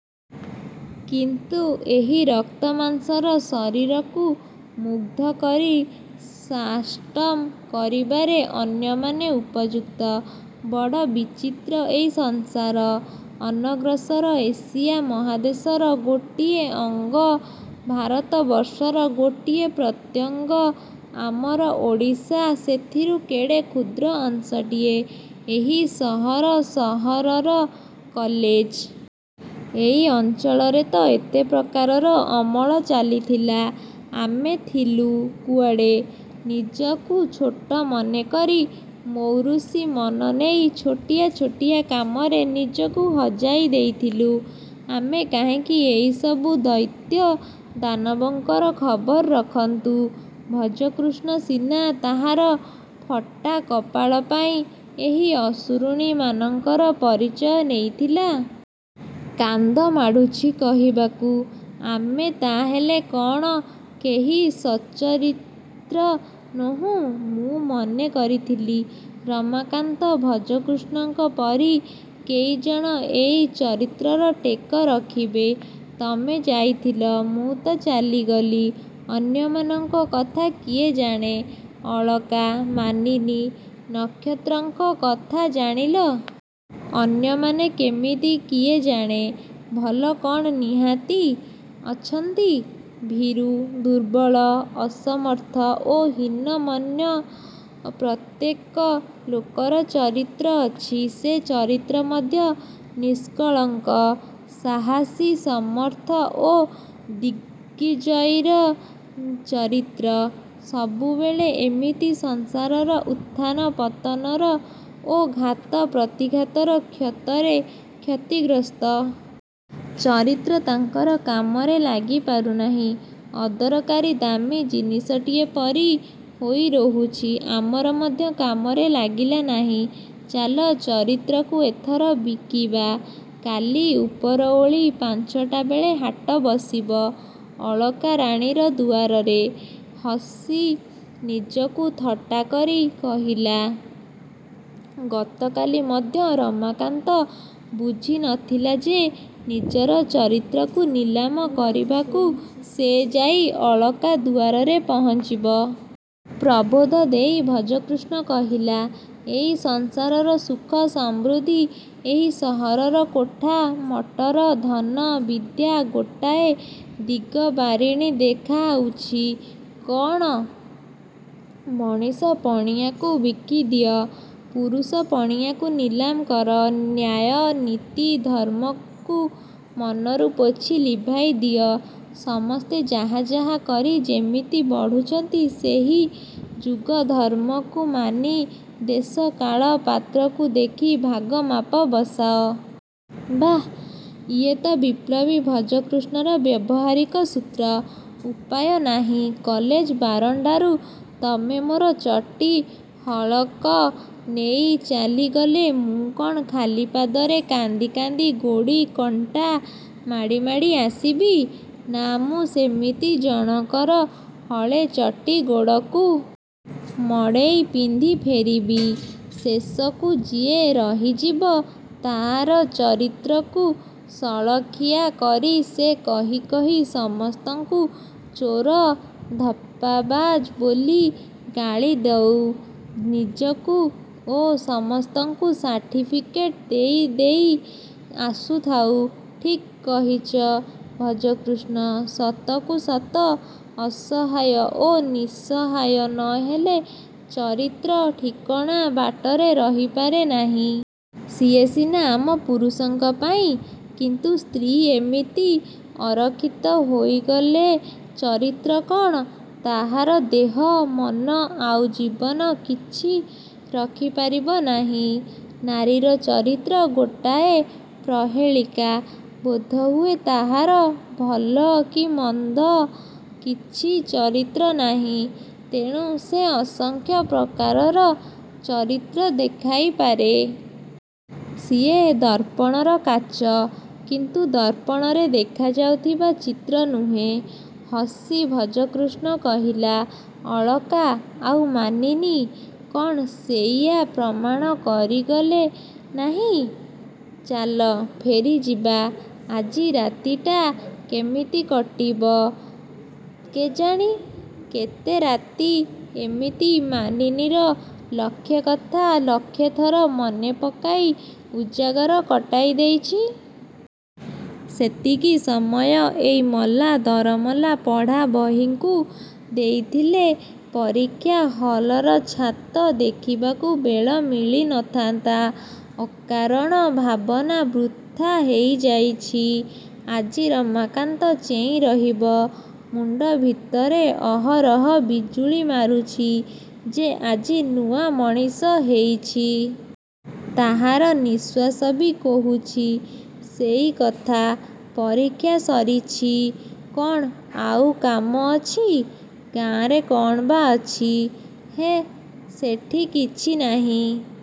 କିନ୍ତୁ ଏହି ରକ୍ତ ମାଂସର ଶରୀରକୁ ମୁଗ୍ଧ କରି ସାଷ୍ଟମ କରିବାରେ ଅନ୍ୟମାନେ ଉପଯୁକ୍ତ। -ବଡ଼ ବିଚିତ୍ର ଏଇ ସଂସାର। ଅନଗ୍ରସର ଏସିଆ ମହାଦେଶର ଗୋଟିଏ ଅଙ୍ଗ ଭାରତ ବର୍ଷର ଗୋଟିଏ ପ୍ରତ୍ୟଙ୍ଗ ଆମର ଓଡ଼ିଶା। ସେଥିରୁ କେଡ଼େ କ୍ଷୁଦ୍ର ଅଂଶଟିଏ ଏହି ସହର-ସହରର କଲେଜ। ଏଇ ଅଞ୍ଚଳରେ ତ ଏତେ ପ୍ରକାରର ଅମଳ ଚାଲିଥିଲା। ଆମେ ଥିଲୁ କୁଆଡ଼େ? -ନିଜକୁ ଛୋଟ ମନେକରି ମୌରୁଷୀ ମନ ନେଇ ଛୋଟିଆ ଛୋଟିଆ କାମରେ ନିଜକୁ ହଜାଇ ଦେଇଥିଲୁ। ଆମେ କାହିଁକି ଏଇ ସବୁ ଦୈତ୍ୟ-ଦାନବଙ୍କର ଖବର ରଖନ୍ତୁ-ଭଜକୃଷ୍ଣ ସିନା ତାହାର ଫଟା କପାଳ ପାଇଁ ଏହି ଅସୁରୁଣୀମାନଙ୍କର ପରିଚୟ ନେଇଥିଲା। -କାନ୍ଦ ମାଡ଼ୁଛି କହିବାକୁ। ଆମେ ତାହାହେଲେ କ'ଣ କେହି ସଚ୍ଚରିତ୍ର ନୋହୁଁ? ମୁଁ ମନେ କରିଥିଲି ରମାକାନ୍ତ, ଭଜକୃଷ୍ଣଙ୍କ ପରି କେଇଜଣ ଏଇ ଚରିତ୍ରର ଟେକ ରଖିବେ-ତମେ ଯାଇଥିଲ। ମୁଁ ତ ଚାଲିଗଲି। ଅନ୍ୟମାନଙ୍କ କଥା କିଏ ଜାଣେ? ଅଳକା, ମାନିନୀ, ନକ୍ଷତ୍ରଙ୍କ କଥା ଜାଣିଲ। ଅନ୍ୟମାନେ କେମିତି କିଏ ଜାଣେ? ଭଲ କ'ଣ ନାହାନ୍ତି? -ଅଛନ୍ତି। ଭୀରୁ, ଦୁର୍ବଳ, ଅସମର୍ଥ ଓ ହୀନ-ମନ୍ୟ ପ୍ରତ୍ୟେକ ଲୋକର ଚରିତ୍ର ଅଛି। ସେ ଚରିତ୍ର ମଧ୍ୟ ନିଷ୍କଳଙ୍କ। ସାହସୀ, ସମର୍ଥ ଓ ଦିଗ୍ବିଜୟୀର ଚରିତ୍ର ସବୁବେଳେ ଏମିତି ସଂସାରର ଉତ୍ଥାନ-ପତନର ଓ ଘାତ-ପ୍ରତିଘାତର କ୍ଷତରେ କ୍ଷତିଗ୍ରସ୍ତ। ଚରିତ୍ର ତାଙ୍କର କାମରେ ଲାଗି ପାରୁନାହିଁ। ଅଦରକାରୀ ଦାମୀ ଜିନିଷଟିଏ ପରି ହୋଇ ରହୁଛି। ଆମର ମଧ୍ୟ କାମରେ ଲାଗିଲା ନାହିଁ। -ଚାଲ, ଚରିତ୍ରକୁ ଏଥର ବିକିବା। କାଲି ଉପରଓଳି ପାଞ୍ଚଟା ବେଳେ ହାଟ ବସିବ ଅଳକାରାଣୀର ଦୁଆରରେ। ହସି ନିଜକୁ ଥଟ୍ଟାକରି କହିଲା-ଗତକାଲି ମଧ୍ୟ ରମାକାନ୍ତ ବୁଝି ନ ଥିଲା ଯେ ନିଜର ଚରିତ୍ରକୁ ନିଲାମ କରିବାକୁ ସେ ଯାଇ ଅଳକା ଦୁଆରେ ପହଞ୍ଚିବ। ପ୍ରବୋଧ ଦେଇ ଭଜକୃଷ୍ଣ କହିଲା-ଏଇ ସଂସାରର ସୁଖ ସମୃଦ୍ଧି-ଏଇ ସହରର କୋଠା, ମଟର, ଧନ, ବିଦ୍ୟା ଗୋଟାଏ ଦିଗବାରିଣି ଦେଖାଉଛି। -କଣ? -ମଣିଷ-ପଣିଆକୁ ବିକିଦିଅ। ପୁରୁଷ-ପଣିଆକୁ ନିଲାମ କର। ନ୍ୟାୟ, ନୀତି, ଧର୍ମ୍ମକୁ ମନରୁ ପୋଛି ଲିଭାଇ ଦିଅ। ସମସ୍ତେ ଯାହା ଯାହା କରି ଯେମିତି ବଢ଼ୁଛନ୍ତି ସେହି ଯୁଗଧର୍ମ୍ମକୁ ମାନି ଦେଶ କାଳ-ପାତ୍ରକୁ ଦେଖି ଭାଗ ମାପ ବସାଅ। -ବାଃ, ଇଏତ ବିପ୍ଳବୀ ଭଜକୃଷ୍ଣର ବ୍ୟବହାରିକ ସୂତ୍ର। -ଉପାୟ ନାହିଁ। କଲେଜ ବାରଣ୍ଡାରୁ ତମେ ମୋର ଚଟି ହଳକ ନେଇ ଚାଲିଗଲେ ମୁଁ କ'ଣ ଖାଲି ପାଦରେ କାନ୍ଦି କାନ୍ଦି ଗୋଡ଼ି, କଣ୍ଟା ମାଡ଼ି ମାଡ଼ି ଆସିବି? -ନା,-ମୁଁ ସେମିତି ଜଣକର ହଳେ ଚଟି ଗୋଡ଼କୁ। ମଡ଼େଇ ପିନ୍ଧି ଫେରିବି? -ଶେଷକୁ ଯିଏ ରହିଯିବ। -ତାହାର ଚରିତ୍ରକୁ ସଳଖିଆ କରି ସେ କହି କହି ସମସ୍ତଙ୍କୁ ଚୋର-ଧପ୍ପାବାଜ ବୋଲି ଗାଳି ଦେଉ, ନିଜକୁ ଓ ସମସ୍ତଙ୍କୁ ସାର୍ଟିଫିକେଟ୍ ଦେଇ ଦେଇ ଆସୁଥାଉ। -ଠିକ୍ କହିଚ ଭଜକୃଷ୍ଣ। ସତକୁ ସତ ଅସହାୟ ଓ ନିସହାୟ ନ ହେଲେ ଚରିତ୍ର ଠିକଣା ବାଟରେ ରହିପାରେ ନାହିଁ। ସିଏ ସିନା ଆମ ପୁରୁଷଙ୍କ ପାଇଁ। କିନ୍ତୁ ସ୍ତ୍ରୀ ଏମିତି ଅରଖିତ ହେଇଗଲେ ଚରିତ୍ର କ'ଣ-ତାହାର ଦେହ, ମନ ଆଉ ଜୀବନ-କିଛି ରଖି ପାରିବ ନାହିଁ। ନାରୀର ଚରିତ୍ର ଗୋଟାଏ ପ୍ରହେଳିକା। -ବୋଧହୁଏ ତାହାର ଭଲ କି ମନ୍ଦ କିଛି ଚରିତ୍ର ନାହିଁ। ତେଣୁ ସେ ଅସଂଖ୍ୟ ପ୍ରକାରର ଚରିତ୍ର ଦେଖାଇ ପାରେ। -ସିଏ ଦର୍ପଣର କାଚ; କିନ୍ତୁ ଦର୍ପଣରେ ଦେଖାଯାଉଥିବା ଚିତ୍ର ନୁହେଁ। ହସି ଭଜକୃଷ୍ଣ କହିଲା। ଅଳକା ଆଉ ମାନିନୀ, କ'ଣ ସେଇଆ ପ୍ରମାଣ କରିଗଲେ ନାହିଁ? -ଚାଲ ଫେରିଯିବା। ଆଜି ରାତିଟା କେମିତି କଟିବ କେଜାଣି? -କେତେ ରାତି ଏମିତି ମାନିନୀର ଲକ୍ଷେ କଥା ଲକ୍ଷେ ଥର ମନେ ପକାଇ ଉଜାଗର କଟାଇ ଦେଇଛି। ସେତିକି ସମୟ ଏଇ ମଲା ଦରମଲା ପଢ଼ା ବହିଙ୍କୁ ଦେଇଥିଲେ ପରୀକ୍ଷା ହଲର ଛାତ ଦେଖିବାକୁ ବେଳ ମିଳି ନ ଥାନ୍ତା। ଅକାରଣ ଭାବନା ବୃଥା ହେଇଯାଇଛି। -ଆଜି ରମାକାନ୍ତ ଚେଇଁ ରହିବ। ମୁଣ୍ଡ ଭିତରେ ଅହରହ ବିଜୁଳି ମାରୁଛି। ସେ ଆଜି ନୂଆ ମଣିଷ ହେଇଛି। ତାହାର ନିଶ୍ୱାସ ବି କହୁଛି ସେଇ କଥା। ପରୀକ୍ଷା ସରିଛି। କ'ଣ ଆଉ କାମ ଅଛି? ଗାଁରେ କ'ଣ ବା ଅଛି? -ହେ, ସେଠି କିଛି ନାହିଁ।